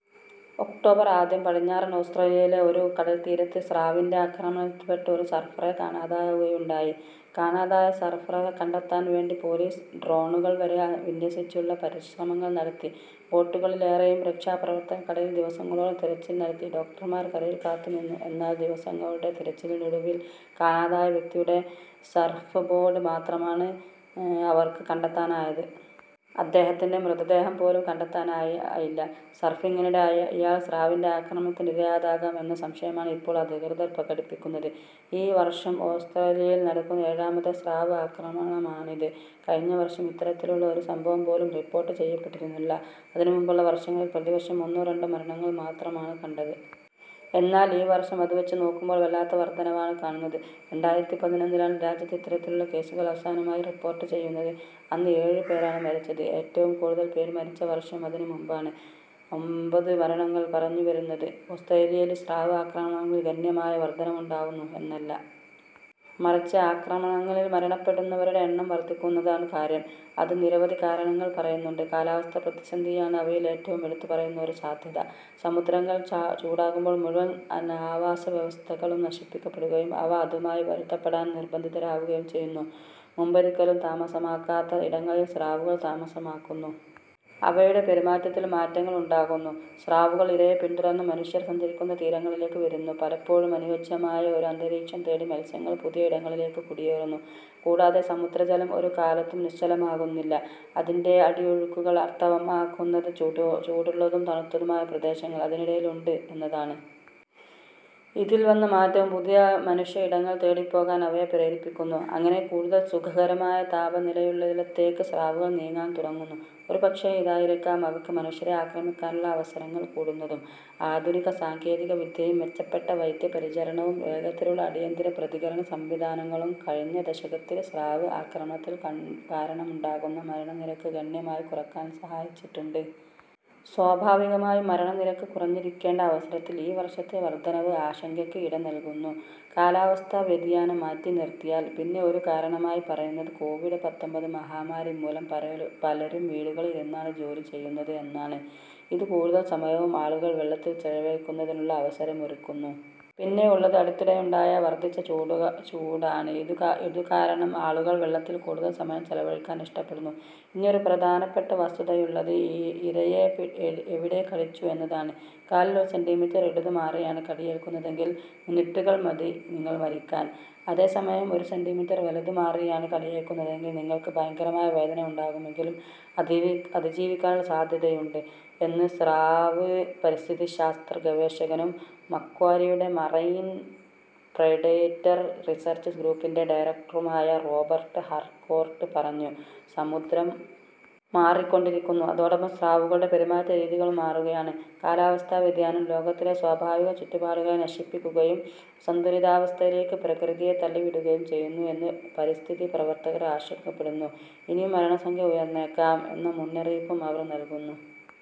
October ആദ്യം പടിഞ്ഞാറൻ ഓസ്ട്രേലിയയിലെ ഒരു കടൽത്തീരത്ത് സ്രാവിൻ്റെ ആക്രമണത്തിൽപ്പെട്ട് ഒരു സർഫറെ കാണാതാവുകയുണ്ടായി. കാണാതായ സർഫറെ കണ്ടെത്താൻ വേണ്ടി പൊലീസ് ഡ്രോണുകൾ വരെ വിന്യസിച്ചുള്ള പരിശ്രമങ്ങൾ നടത്തി. ബോട്ടുകളിലേറിയും രക്ഷാപ്രവർത്തകർ കടലിൽ ദിവസങ്ങളോളം തെരച്ചിൽ നടത്തി. ഡോക്ടർമാർ കരയിൽ കാത്തുനിന്നു. എന്നാൽ ദിവസങ്ങളുടെ തെരച്ചിലിനൊടുവിൽ കാണാതായ വ്യക്തിയുടെ സർഫ്ബോർഡ് മാത്രമാണ് അവർക്ക് കണ്ടെത്താനായത്. അദ്ദേഹത്തിൻ്റെ മൃതദേഹം പോലും കണ്ടെത്താനായില്ല. സർഫിങ്ങിനിടെ ഇയാൾ സ്രാവിൻ്റെ ആക്രമണത്തിന് ഇരയായതാകാം എന്ന സംശയമാണ് ഇപ്പോൾ അധികൃതർ പ്രകടിപ്പിക്കുന്നത്.ഈ വർഷം ഓസ്ട്രേലിയയിൽ നടക്കുന്ന ഏഴാമത്തെ സ്രാവ് ആക്രമണമാണിത്. കഴിഞ്ഞ വർഷം ഇത്തരത്തിലുള്ള ഒരു സംഭവം പോലും റിപ്പോർട്ട് ചെയ്യപ്പെട്ടിരുന്നില്ല. അതിനുമുമ്പുള്ള വർഷങ്ങളിൽ പ്രതിവർഷം ഒന്നോ രണ്ടോ മരണങ്ങൾ മാത്രമാണ് കണ്ടത്. എന്നാൽ ഈ വർഷം അതുവച്ച് നോക്കുമ്പോൾ വല്ലാത്ത വർധനവാണ് കാണുന്നത്. രണ്ടായിരത്തി പതിനൊന്നിലാണ് രാജ്യത്ത് ഇത്തരത്തിലുള്ള കേസുകൾ അവസാനമായി റിപ്പോർട്ട് ചെയ്യുന്നത്. അന്ന് ഏഴ് പേരാണ് മരിച്ചത്. ഏറ്റവും കൂടുതൽ പേർ മരിച്ച വർഷം അതിനു മുമ്പാണ്. ഒമ്പത് മരണങ്ങൾ. പറഞ്ഞുവരുന്നത് ഓസ്ട്രേലിയയിൽ സ്രാവ് ആക്രമണങ്ങളിൽ ഗണ്യമായ വർധനവുണ്ടാകുന്നു എന്നല്ല. മറിച്ച് ആക്രമണങ്ങളിൽ മരണപ്പെടുന്നവരുടെ എണ്ണം വർധിക്കുന്നു എന്നതാണ് കാര്യം. അതിന് നിരവധി കാരണങ്ങൾ പറയുന്നുണ്ട്. കാലാവസ്ഥാ പ്രതിസന്ധിയാണ് അവയിൽ ഏറ്റവും എടുത്തുപറയുന്ന ഒരു സാധ്യത. സമുദ്രങ്ങൾ ചൂടാകുമ്പോൾ മുഴുവൻ ആവാസവ്യവസ്ഥകളും നശിപ്പിക്കപ്പെടുകയും അവ അതുമായി പൊരുത്തപ്പെടാൻ നിർബന്ധിതരാകുകയും ചെയ്യുന്നു. മുമ്പൊരിക്കലും താമസമാക്കാത്ത ഇടങ്ങളിൽ സ്രാവുകൾ താമസമാക്കുന്നു. അവയുടെ പെരുമാറ്റത്തിലും മാറ്റങ്ങൾ ഉണ്ടാകുന്നു. സ്രാവുകൾ ഇരയെ പിന്തുടർന്ന് മനുഷ്യർ സഞ്ചരിക്കുന്ന തീരങ്ങളിലേക്ക് വരുന്നു. പലപ്പോഴും അനുയോജ്യമായ ഒരു അന്തരീക്ഷം തേടി മത്സ്യങ്ങൾ പുതിയ ഇടങ്ങളിലേക്ക് കുടിയേറുന്നു. കൂടാതെ സമുദ്രജലം ഒരു കാലത്തും നിശ്ചലമാകുന്നില്ല. അതിൻ്റെ അടിയൊഴുക്കുകൾ അർത്ഥമാക്കുന്നത് ചൂടുള്ളതും തണുത്തതുമായ പ്രദേശങ്ങൾ അതിനിടയിൽ ഉണ്ട് എന്നതാണ്. ഇതിൽ വന്ന മാറ്റവും പുതിയ മനുഷ്യ ഇടങ്ങൾ തേടിപ്പോകാൻ അവയെ പ്രേരിപ്പിക്കുന്നു. അങ്ങനെ കൂടുതൽ സുഖകരമായ താപനിലയുള്ളിടത്തേക്ക് സ്രാവുകൾ നീങ്ങാൻ തുടങ്ങുന്നു. ഒരുപക്ഷേ ഇതായിരിക്കാം അവയ്ക്ക് മനുഷ്യരെ ആക്രമിക്കാനുള്ള അവസരങ്ങൾ കൂടുന്നതും. ആധുനിക സാങ്കേതികവിദ്യയും മെച്ചപ്പെട്ട വൈദ്യപരിചരണവും വേഗത്തിലുള്ള അടിയന്തര പ്രതികരണ സംവിധാനങ്ങളും കഴിഞ്ഞ ദശകത്തിൽ സ്രാവ് ആക്രമണങ്ങൾ കാരണമുണ്ടാകുന്ന മരണനിരക്ക് ഗണ്യമായി കുറയ്ക്കാൻ സഹായിച്ചിട്ടുണ്ട്. സ്വാഭാവികമായും മരണനിരക്ക് കുറഞ്ഞിരിക്കേണ്ട അവസരത്തിൽ ഈ വർഷത്തെ വർധനവ് ആശങ്കയ്ക്ക് ഇട നൽകുന്നു. കാലാവസ്ഥാ വ്യതിയാനം മാറ്റിനിർത്തിയാൽ പിന്നെ ഒരു കാരണമായി പറയുന്നത് കോവിഡ് പത്തൊമ്പത് മഹാമാരി മൂലം പലരും വീടുകളിൽ ഇരുന്നാണ് ജോലി ചെയ്യുന്നത് എന്നാണ്. ഇത് കൂടുതൽ സമയവും ആളുകൾ വെള്ളത്തിൽ ചെലവഴിക്കുന്നതിനുള്ള അവസരമൊരുക്കുന്നു. പിന്നെ ഉള്ളത് അടുത്തിടെയുണ്ടായ വർധിച്ച ചൂടാണ്. ഇതുകാരണം ആളുകൾ വെള്ളത്തിൽ കൂടുതൽ സമയം ചെലവഴിക്കാൻ ഇഷ്ടപ്പെടുന്നു. ഇനി ഒരു പ്രധാനപ്പെട്ട വസ്തുതയുള്ളത് ഇരയെ എവിടെ കടിച്ചു എന്നതാണ്. കാലിൽ ഒരു സെന്റിമീറ്റർ ഇടതുമാറിയാണ് കടിയേൽക്കുന്നതെങ്കിൽ മിനിറ്റുകൾ മതി നിങ്ങൾ മരിക്കാൻ. അതേസമയം ഒരു സെന്റിമീറ്റർ വലതുമാറിയാണ് കടിയേൽക്കുന്നതെങ്കിൽ നിങ്ങൾക്ക് ഭയങ്കരമായ വേദനയുണ്ടാകുമെങ്കിലും അതിജീവിക്കാനുള്ള സാധ്യതയുണ്ട് എന്ന് സ്രാവ് പരിസ്ഥിതിശാസ്ത്ര ഗവേഷകനും മക്വാരിയുടെ മറൈൻ പ്രെഡേറ്റർ റിസർച്ച് ഗ്രൂപ്പിൻ്റെ ഡയറക്ടറുമായ റോബർട്ട് ഹാർകോർട്ട് പറഞ്ഞു. സമുദ്രം മാറിക്കൊണ്ടിരിക്കുന്നു. അതോടൊപ്പം സ്രാവുകളുടെ പെരുമാറ്റരീതികളും മാറുകയാണ്. കാലാവസ്ഥാ വ്യതിയാനം ലോകത്തിലെ സ്വാഭാവിക ചുറ്റുപാടുകളെ നശിപ്പിക്കുകയും അസന്തുലിതാവസ്ഥയിലേക്ക് പ്രകൃതിയെ തള്ളിവിടുകയും ചെയ്യുന്നു എന്ന് പരിസ്ഥിതി പ്രവർത്തകർ ആശങ്കപ്പെടുന്നു. ഇനിയും മരണസംഖ്യ ഉയർന്നേക്കാം എന്ന മുന്നറിയിപ്പും അവർ നൽകുന്നു.